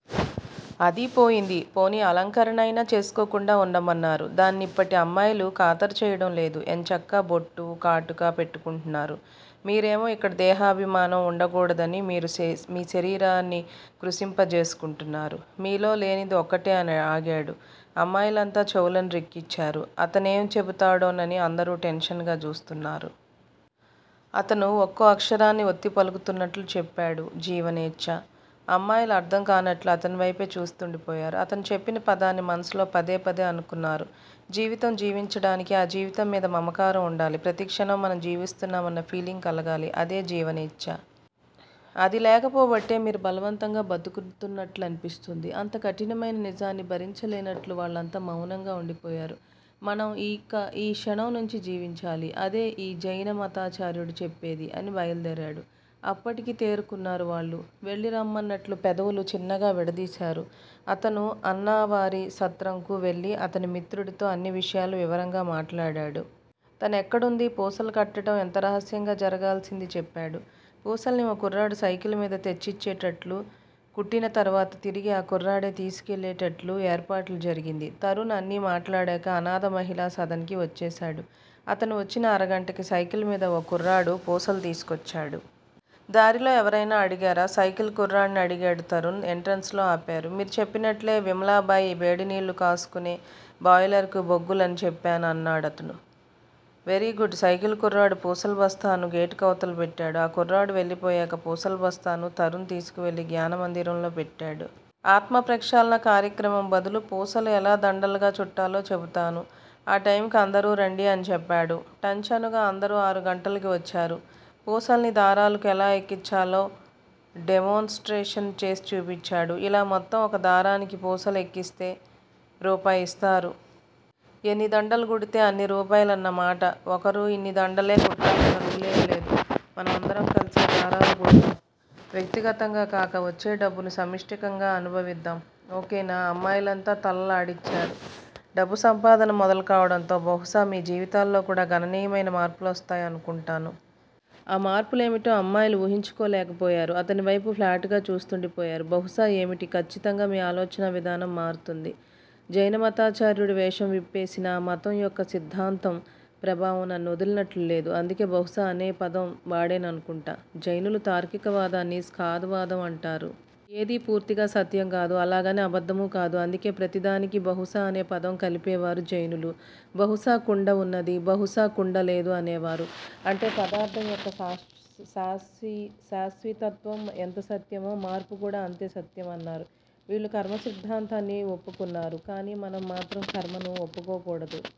అదీ పోయిందీ. పోనీ అలంకరణయినా చేసుకోకుండా వుండమన్నారు. దాన్నీ ఇప్పటి అమ్మాయిలు ఖాతరు చేయడంలేదు. ఎంచక్కా బొట్టూ కాటుక పెట్టుకుంటున్నారు. మీరేమో యిక్కడ దేహాభిమానం వుండకూడదని మీ శరీరాన్ని కృశింప చేసుకుంటున్నారు. మీలో లేనిది ఒక్కటే అని ఆగాడు. అమ్మాయిలంతా చెవులను రిక్కించారు. అతనేం చెబుతాడోనని అందరూ టెన్షన్ గా చూస్తున్నారు. అతను ఒక్కో అక్షరాన్ని వత్తి పలుకుతున్నట్లు చెప్పాడు జీవనేచ్చ. అమ్మాయిలు అర్థం కానట్లు అతనివైపే చూస్తుండిపోయారు. అతను చెప్పిన పదాన్ని మనసులో పదే పదే అనుకున్నారు. జీవితం జీవించడానికి. ఆ జీవితం మీద మమకారం వుండాలి. ప్రతిక్షణం మనం జీవిస్తున్నామన్న ఫీలింగ్ కలగాలి. అదే జీవనేచ్ఛ. అది లేకపోబట్టే మీరు బలవంతంగా బతుకుతున్నట్లనిపిస్తోంది. అంత కఠినమయిన నిజాన్ని భరించలేనట్లు వాళ్ళంతా మౌనంగా వుండిపోయారు. మనం ఇక ఈ క్షణం నుంచీ జీవించాలి. అదే ఈ జైనమతాచార్యుడు చెప్పేది అని బయల్దేరాడు. అప్పటికి తేరుకున్నారు వాళ్ళు. వెళ్ళి రమ్మన్నట్లు పెదవులు చిన్నగా విడదీశారు. అతను అన్నావారి సత్రంకు వెళ్ళి అతని మిత్రుడితో అన్ని విషయాలు వివరంగా మాట్లాడాడు. తనెక్కడుందీ, పూసలు కట్టడం ఎంత రహస్యంగా జరగాల్సిందీ చెప్పాడు. పూసల్ని ఓ కుర్రాడు సైకిల్ మీద తెచ్చిచ్చేటట్లు, కుట్టిన తరువాత తిరిగి ఆ కుర్రాడే తీసుకువెళ్ళేటట్లు ఏర్పాటు జరిగింది. తరుణ్ అన్నీ మాట్లాడాక అనాథ మహిళా సదన్ కి వచ్చేశాడు. అతను వచ్చిన అరగంటకి సైకిల్ మీద ఓ కుర్రాడు పూసలు తీసుకొచ్చాడు. దారిలో ఎవరయినా అడిగారా? సైకిల్ కుర్రాడ్ని అడిగాడు తరుణ్. ఎంట్రెన్స్ లో ఆపారు. మీరు చెప్పినట్లే విమలాబాయి వేడినీళ్ళు కాసుకునే బాయిలర్ కు బొగ్గులు అని చెప్పాను అన్నాడతను. వెరీగుడ్. సైకిల్ కుర్రాడు పూసల బస్తాను గేటుకవతల పెట్టాడు. ఆ కుర్రాడు వెళ్ళిపోయాక పూసల బస్తాను తరుణ్ తీసుకువెళ్ళి జ్ఞానమందిరంలో పెట్టాడు. ఆత్మ ప్రక్షాళన కార్యక్రమం బదులు పూసలు ఎలా దండలుగా చుట్టాలో చెబుతాను. ఆ టైమ్ కి అందరూ రండి అని చెప్పాడు. ఠంచనుగా అందరూ ఆరుగంటలకి వచ్చారు. పూసల్ని దారాలకు ఎలా ఎక్కించాలో డెమాన్ స్ట్రేషన్ చేసి చూపించాడు. ఇలా మొత్తం ఒక దారానికి పూసలు ఎక్కిస్తే రూపాయి ఇస్తారు. ఎన్ని దండలు కుడితే అన్ని రూపాయలన్న మాట. ఒకరు ఇన్ని దండలే కుట్టాలన్న రూలేం లేదు. మనమందరం కలిసే దారాలు కుడదాం. వ్యక్తిగతంగా కాక వచ్చే డబ్బును సమిష్టిగా అనుభవిద్దాం. ఓకేనా? అమ్మాయిలంతా తలలాడించారు. డబ్బు సంపాదన మొదలుకావడంతో బహుశా మీ జీవితాల్లో కూడా గణనీయమైన మార్పులొస్తాయనుకుంటాను. ఆ మార్పులేమిటో అమ్మాయిలు వూహించుకోలేకపోయారు. అతనివైపు ప్లాట్ గా చూస్తుండిపోయారు. బహుశా ఏమిటి? ఖచ్చితంగా మీ ఆలోచనావిధానం మారుతుంది. జైనమతాచార్యుడి వేషం విప్పేసినా ఆ మతం యొక్క సిద్ధాంత ప్రభావం నన్నొదిలినట్లు లేదు. అందుకే బహుశా అనే పదం వాడేననుకుంటా. జైనుల తార్కిక వాదాన్ని 'స్కాద్ వాదం' అంటారు. ఏదీ పూర్తిగా సత్యం కాదు. అలాగని అబద్ధమూ కాదు. అందుకే ప్రతిదానికీ 'బహుశా' అనే పదం కలిపేవారు జైనులు. 'బహుశా కుండవున్నది. బహుశా కుండ లేదు' అనేవారు. అంటే పదార్ధం యొక్క శాశ్వితత్వం ఎంత సత్యమో, మార్పుకూడా అంతే సత్యమన్నారు. వీళ్ళూ కర్మసిద్ధాంతాన్ని వప్పుకున్నారు. కానీ మనం మాత్రం కర్మను వప్పుకోకూడదు.